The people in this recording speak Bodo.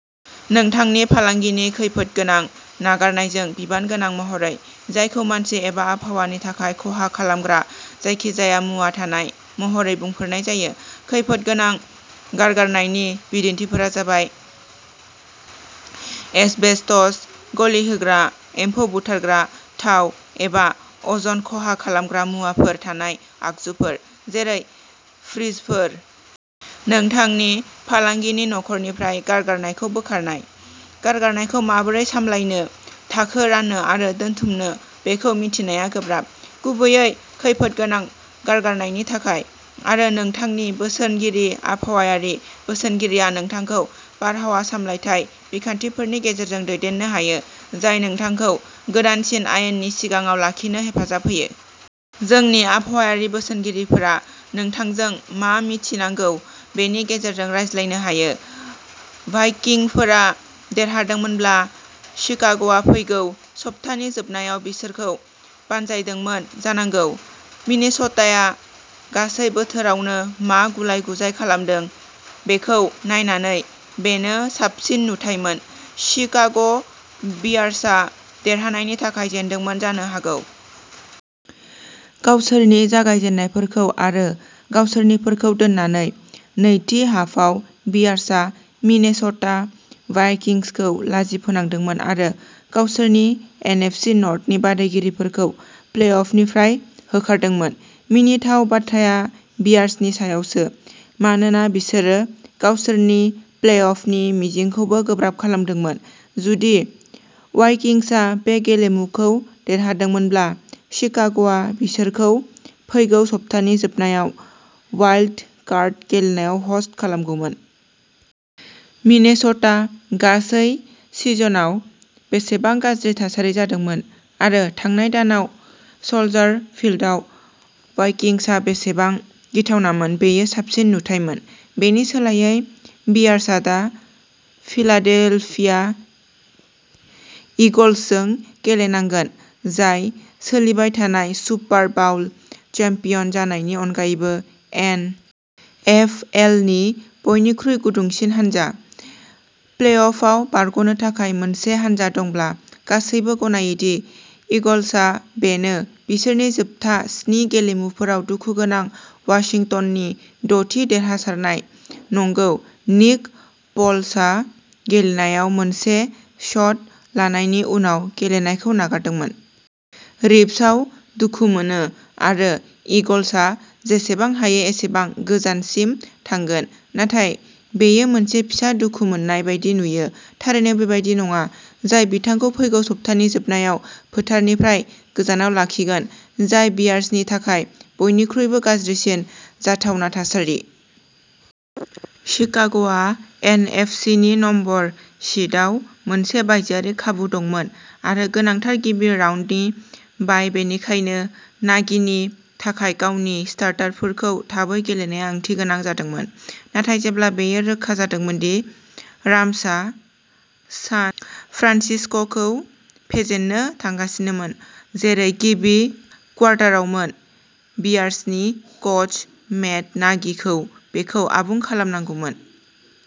नोंथांनि फालांगिनि खैफोदगोनां गारगारनायजों बिबानगोनां महरै, जायखौ मानसि एबा आबहावानि थाखाय खहा खालामग्रा जायखिजाया मुवा थानाय महरै बुंफोरनाय जायो। खैफोदगोनां गारगारनायनि बिदिन्थिफोरा जाबाय एस्बेस्टस, गलिहोग्रा, एम्फौ बुथारग्रा, थाव, एबा अज'न-खहा खालामग्रा मुवाफोर थानाय आगजुफोर, जेरै फ्रिजफोर। नोंथांनि फालांगिनि न'खरनिफ्राय गारगारनायखौ बोखारनाय। गारगारनायखौ माबोरै सामलायनो, थाखो राननो आरो दोनथुमनो बेखौ मिथिनाया गोब्राब, गुबैयै खैफोदगोनां गारगारनायनि थाखाय, आरो नोंथांनि बोसोनगिरि आबहावायारि बोसोनगिरिया नोंथांखौ बारहावा सामलायथाय बिखान्थिफोरनि गेजेरजों दैदेननो हायो, जाय नोंथांखौ गोदानसिन आयेननि सिगाङाव लाखिनो हेफाजाब होयो। जोंनि आबहावायारि बोसोनगिरिफोरा नोंथांजों मा मिथिनांगौ बेनि गेजेरजों रायज्लायनो हायो। भाइकिंफोरा देरहादोंमोनब्ला, शिकाग'आ फैगौ सप्तानि जोबनायाव बिसोरखौ बानजायदोंमोन जानांगौ। मिनेस'टाया गासै बोथोरावनो मा गुलाय-गुजाय खालामदों, बेखौ नायनानै, बेनो साबसिन नुथायमोन। शिकाग'बियार्सआ देरहानायनि थाखाय जेनदोंमोन जानो हागौ। गावसोरनि जागायजेन्नायफोरखौ आरो गावसोरनिफोरखौ दोननानै। नैथि हाफआव, बियार्सआ मिनेस'टा भाइकिंसखौ लाजि फोनांदोंमोन आरो गावसोरनि एन. एफ. सि. नर्थनि बादायगिरिफोरखौ प्लेअफनिफ्राय होखारदोंमोन। मिनिथाव बाथ्राया बियार्सनि सायावसो, मानोना बिसोरो गावसोरनि प्लेअफनि मिजिंखौबो गोब्राब खालामदोंमोन। जुदि वाइकिंसआ बे गेलेमुखौ देरहादोंमोनब्ला, शिकाग'आ बिसोरखौ फैगौ सप्तानि जोबनायाव वाइल्ड-कार्ड गेलेनायाव ह'स्ट खालामगौमोन। मिनेस'टा गासै सिजनआव बेसेबां गाज्रि थासारि जादोंमोन, आरो थांनाय दानाव स'ल्जार फील्डआव वाइकिंसआ बेसेबां गिथावनामोन, बेयो साबसिन नुथायमोन। बेनि सोलायै, बियार्सआ दा फिलाडेल्फिया ईगल्सजों गेलेनांगोन, जाय, सोलिबाय थानाय सुपार बाउल चेम्पियन जानायनि अनगायैबो, एन. एफ. एल. नि बयनिख्रुइ गुदुंसिन हानजा। प्लेअफआव बारग'नो थाखाय मोनसे हानजा दंब्ला, गासैबो गनायो दि ईगल्सआ बेनो, बिसोरनि जोबथा स्नि गेलेमुफोराव दुखुगोनां वाशिंटननि द'थि देरहासारनाय। नंगौ, निक फ'ल्सआ गेलेनायाव मोनसे शट लानायनि उनाव गेलेनायखौ नागारदोंमोन। रिब्सआव दुखु मोनो, आरो ईगल्सआ जेसेबां हायो एसेबां गोजानसिम थांगोन। नाथाय बेयो मोनसे फिसा दुखु मोननाय बायदि नुयो, थारैनो बेबादि नङा जाय बिथांखौ फैगौ सप्तानि जोबनायाव फोथारनिफ्राय गोजानाव लाखिगोन। जाय बियार्सनि थाखाय बयनिख्रुइबो गाज्रिसिन जाथावना थासारि। शिकाग'आ एन. एफ. सि. नि नम्बर सीडआव मोनसे बायजोआरि खाबु दंमोन-आरो गोनांथार गिबि राउन्डनि बाइ-बेनिखायनो नागिनि थाखाय गावनि स्टार्टारफोरखौ थाबै गेलेनाया ओंथिगोनां जादोंमोन। नाथाय जेब्ला बेयो रोखा जादोंमोन दि राम्सआ सान फ्रान्सिस्क'खौ फेजेननो थांगासिनोमोन, जेरै गिबि क्वार्टारावमोन, बियार्सनि कच मेट नागिखौ बेखौ आबुं खालामनांगौमोन।